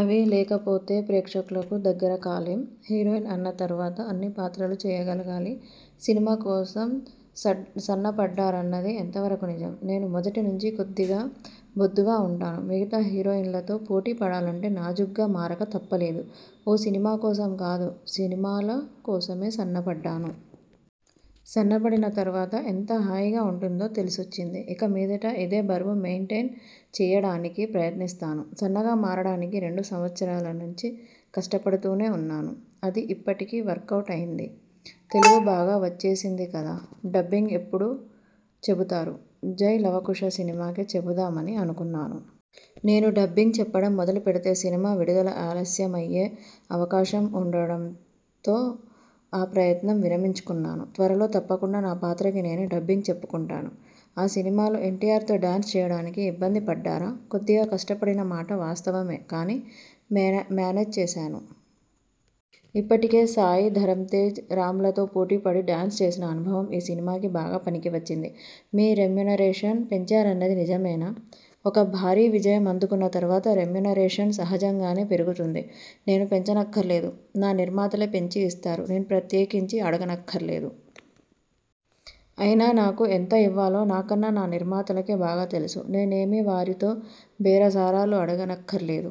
అవి లేకపోతే ప్రేక్షకులకు దగ్గర కాలేం. హీరోయిన్ అన్న తరువాత అన్ని పాత్రలు చేయగలగాలి. సినిమా కోసం సన్నపడ్డారన్నది ఎంతవరకు నిజం? నేను మొదటి నుంచీ కొద్దిగా బొద్దుగా ఉంటాను. మిగతా హీరోయిన్లతో పోటీ పడాలంటే నాజుగ్గా మారక తప్పలేదు. ఓ సినిమా కోసం కాదు సినిమాల కోసమే సన్నపడ్డాను. సన్నపడిన తరువాత ఎంత హాయిగా ఉంటుందో తెలిసొచ్చింది. ఇక మీదట ఇదే బరువు మెయింటెన్ చేయడానికి ప్రయత్నిస్తాను. సన్నగా మారడానికి రెండు సంవత్సరాల నుంచి కష్టపడుతూనే ఉన్నాను. అది ఇప్పటికి వర్కవుట్ అయింది. తెలుగు బాగా వచ్చేసింది కదా? డబ్బింగ్ ఎప్పుడు చెబుతారు? 'జై లవ కుశ' సినిమాకే చెబుదామని అనుకున్నాను. నేను డబ్బింగ్ చెప్పడం మొదలుపెడితే సినిమా విడుదల ఆలస్యమయ్యే అవకాశం ఉండడంతో ఆ ప్రయత్నం విరమించుకున్నాను. త్వరలో తప్పకుండా నా పాత్రకి నేనే డబ్బింగ్ చెప్పుకుంటాను. ఆ సినిమాలో ఎన్టీఆర్తో డ్యాన్స్ చేయడానికి ఇబ్బంది పడ్డారా? కొద్దిగా కష్టపడిన మాట వాస్తవమే కానీ, మ్యానేజ్ చేశాను. ఇప్పటికే సాయి ధరమ్తేజ్, రామ్లతో పోటీ పడి డ్యాన్స్ చేసిన అనుభవం ఈ సినిమాకి బాగా పనికి వచ్చింది. మీ రెమ్యునరేషన్ పెంచారన్నది నిజమేనా? ఒక భారీ విజయం అందుకున్న తరువాత రెమ్యునరేషన్ సహజంగానే పెరుగుతుంది. నేను పెంచనక్కర్లేదు. నా నిర్మాతలే పెంచి ఇస్తారు. నేను ప్రత్యేకించి అడగనక్కర్లేదు. అయినా నాకు ఎంత ఇవ్వాలో నాకన్నా నా నిర్మాతలకే బాగా తెలుసు. నేనేమీ వారితో బేరసారాలు ఆడుగనక్కర్లేదు.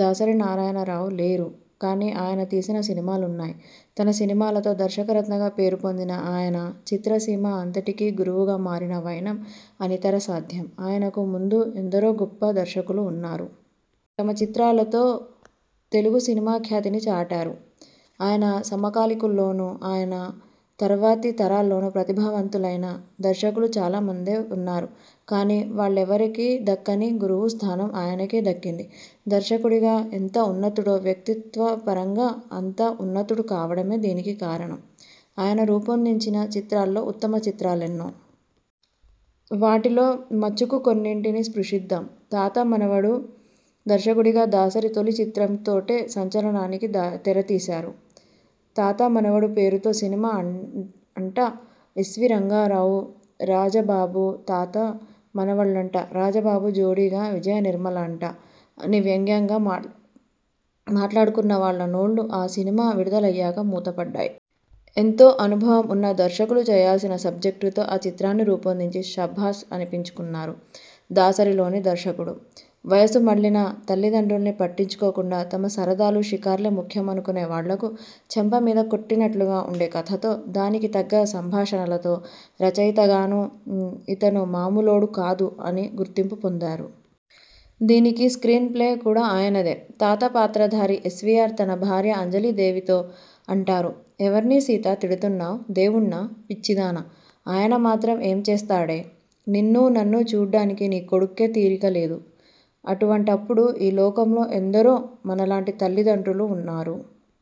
దాసరి నారాయణరావు లేరు. కానీ ఆయన తీసిన సినిమాలున్నాయి. తన సినిమాలతో 'దర్శకరత్న'గా పేరుపొందిన ఆయన, చిత్రసీమ అంతటికీ గురువుగా మారిన వైనం అనితర సాధ్యం. ఆయనకు ముందు ఎందరో గొప్ప దర్శకులు ఉన్నారు. తమ చిత్రాలతో తెలుగు సినిమా ఖ్యాతిని చాటారు. ఆయన సమకాలికుల్లోనూ, ఆయన తర్వాతి తరాల్లోనూ ప్రతిభావంతులైన దర్శకులు చాలా మందే ఉన్నారు. కానీ వాళ్లెవరికీ దక్కని గురువు స్థానం ఆయనకే దక్కింది. దర్శకుడిగా ఎంత ఉన్నతుడో, వ్యక్తిత్వపరంగా అంత ఉన్నతుడు కావడమే దీనికి కారణం. ఆయన రూపొందించిన చిత్రాల్లో ఉత్తమ చిత్రాలెన్నో. వాటిలో మచ్చుకు కొన్నింటిని స్పృశిద్దాం. తాత మనవడు దర్శకుడిగా దాసరి తొలి చిత్రంతోటే సంచలనానికి తెరతీశారు. 'తాత మనవడు' పేరుతో సినిమా అంట ఎస్వీ రంగారావు, రాజబాబు తాతా మనవళ్లంట రాజబాబు జోడీగా విజయనిర్మల అంట అని వ్యంగ్యంగా మాట్లాడుకున్నవాళ్ల నోళ్లు ఆ సినిమా విడుదలయ్యాక మూతపడ్డాయి. ఎంతో అనుభవం ఉన్న దర్శకులు చేయాల్సిన సబ్జెక్టుతో ఆ చిత్రాన్ని రూపొందించి శభాష్ అనిపించుకున్నారు దాసరిలోని దర్శకుడు. వయసుమళ్లిన తల్లిదండ్రుల్ని పట్టించుకోకుండా, తమ సరదాలు, షికార్లే ముఖ్యమనుకొనేవాళ్లకు చెంపమీద కొట్టినట్లుగా ఉండే కథతో, దానికి తగ్గ సంభాషణలతో రచయితగానూ 'ఇతను మామూలోడు కాదు' అని గుర్తింపు పొందారు. దీనికి స్ర్కీనప్లే కూడా ఆయనదే. తాత పాత్రధారి ఎస్వీఆర్ తన భార్య అంజలీదేవితో అంటారు ''ఎవర్ని సీతా తిడుతున్నావ్! దేవుడ్నా! పిచ్చిదానా! ఆయన మాత్రం ఏం చేస్తాడే! నిన్నూ నన్నూ చూడ్డానికి నీ కొడుక్కే తీరిక లేదు! అటువంటప్పుడు ఈ లోకంలో ఎందరో మనలాంటి తల్లిదండ్రులు ఉన్నారు!